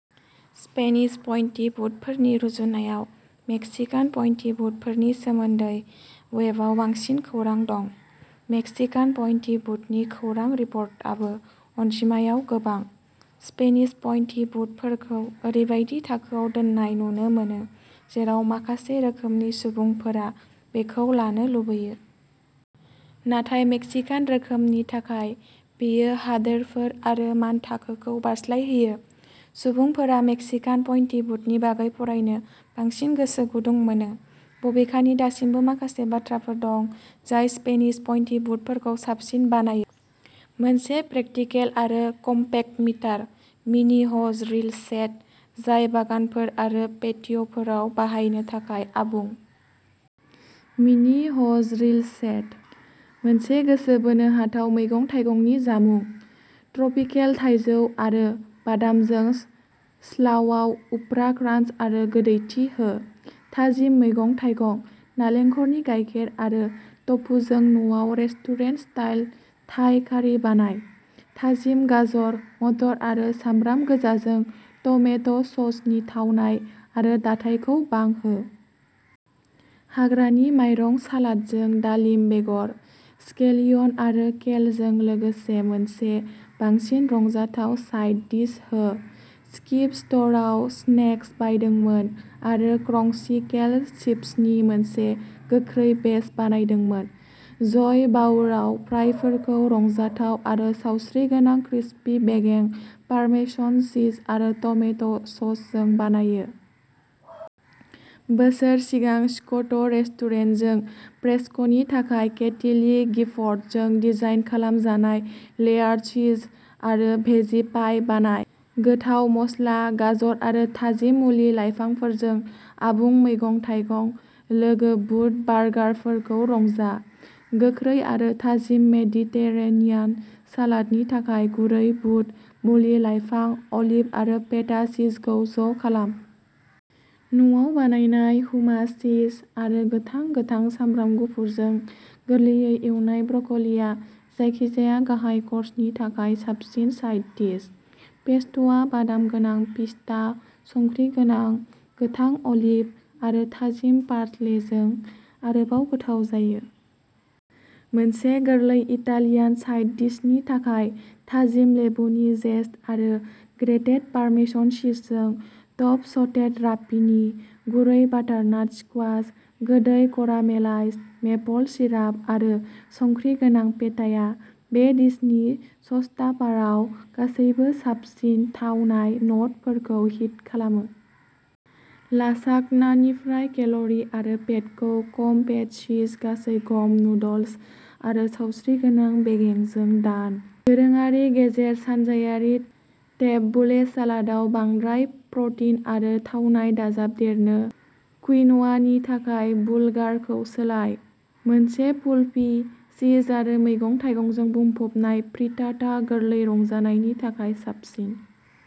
Spanish पइन्टि बुटफोरनि रुजुनायाव मेक्सिकान पइन्टि बुटफोरनि सोमोन्दै वेबआव बांसिन खौरां दं। मेक्सिकान पइन्टि बुटनि खौरां रिपर्टआबो अनजिमायाव गोबां। स्पेनिस पइन्टि बुटफोरखौ ओरैबायदि थाखोआव दोननाय नुनो मोनो जेराव माखासे रोखोमनि सुबुंफोरा बेखौ लानो लुबैयो। नाथाय मेक्सिकान रोखोमनि थाखाय बेयो हादोरफोर आरो मानथाखोखौ बारस्लायहोयो। सुबुंफोरा मेक्सिकान पइन्टि बुटनि बागै फरायनो बांसिन गोसो गुदुं मोनो। बबेखानि दासिमबो माखासे बाथ्राफोर दं जाय स्पेनिश पइन्टि बुटफोरखौ साबसिन बानायो। मोनसे प्रेकटिकल आरो कमपेक्ट मिटार मिनि ह'ज रिल सेट जाय बागानफोर आरो पेटिय'फोराव बाहायनो थाखाय आबुं। Mini hose reel set. मोनसे गोसो बोनो हाथाव मैगं-थाइगंनि जामुं। ट्रपिकेल थाइजौ आरो बादामजों स्लावआव उफ्रा क्रान्च आरो गोदैथि हो। थाजिम मैगं-थाइगं, नालेंखरनि गायखेर आरो टफुजों न'आव रेस्टुरेन्ट-स्टाइल थाइ कारि बानाय। थाजिम गाजर, मटर आरो सामब्राम गोजाजों टमेट'ससनि थावनाय आरो दाथायखौ बांहो। हाग्रानि माइरं सालादजों दालिम बेगर, स्केलियन आरो केलजों लोगोसे मोनसे बांसिन रंजाथाव साइड डिश हो। स्किप स्ट'रआ स्नेक्स बायदोंमोन आरो क्रंची केल चिप्सनि मोनसे गोख्रै बेच बानायदोंमोन। जय बाउरआ फ्राइफोरखौ रंजाथाव-आरो सावस्रिगोनां-क्रिस्पी बेगें, पार्मेसन चीज आरो टमेट'ससजों बानायो। बोसोर सिगां स्क'ट'रेस्टुरेन्टजों फ्रेस्क'नि थाखाय केथी ली गिफर्डजों डिजाइन खालामजानाय लेयार्ड चीज आरो भेजि पाइ बानाय। गोथाव मस्ला, गाजर आरो थाजिम मुलि-लाइफांफोरजों आबुं मैगं-थाइगं-लोगो बुद बार्गारफोरखौ रंजा। गोख्रै आरो थाजिम मेडिटेरेनियान सालादनि थाखाय गुरै बुद, मुलि-लाइफां, अलिभ आरो फेटा चीजखौ ज'खालाम। न'आव बानायनाय हुमास चीज आरो गोथां गोथां। सामब्राम गुफुरजों गोरलैयै एवनाय ब्रक'लीआ जायखिजाया गाहाय कर्सनि थाखाय साबसिन साइड डिश। पेस्ट'आ बादाम गोनां पिस्ता, संख्रि गोनां गोथां अलिभ आरो थाजिम पार्सलेजों आरोबाव गोथाव जायो। मोनसे गोरलै इटालियान साइड डिशनि थाखाय थाजिम लेबुनि जेस्ट आरो ग्रेटेड पार्मेसन चीजजों टप सटेड रापिनी। गुरै बाटारनट स्क्वाश, गोदै कारामेलाइज्ड मेपल सिराप आरो संख्रि गोनां फेटाया बे डिशनि श'स्टपाराव गासैबो साबसिन थावनाय न'टफोरखौ हिट खालामो। लासाग्नानिफ्राय केल'रि आरो पेटखौ खम-पेट चीज, गासै-गम नुडल्स आरो सावस्रिगोनां बेगेंजों दान। दोरोङारि गेजेर सानजायारि टेबबुलेह सालादआव बांद्राय प्र'टिन आरो थावनाय दाजाबदेरनो क्विन'वानि थाखाय बुलगारखौ सोलाय। मोनसे फुलफि, चीज-आरो मैगं-थाइगंजों बुंफबनाय फ्रिटाटा गोरलै रंजानायनि थाखाय साबसिन।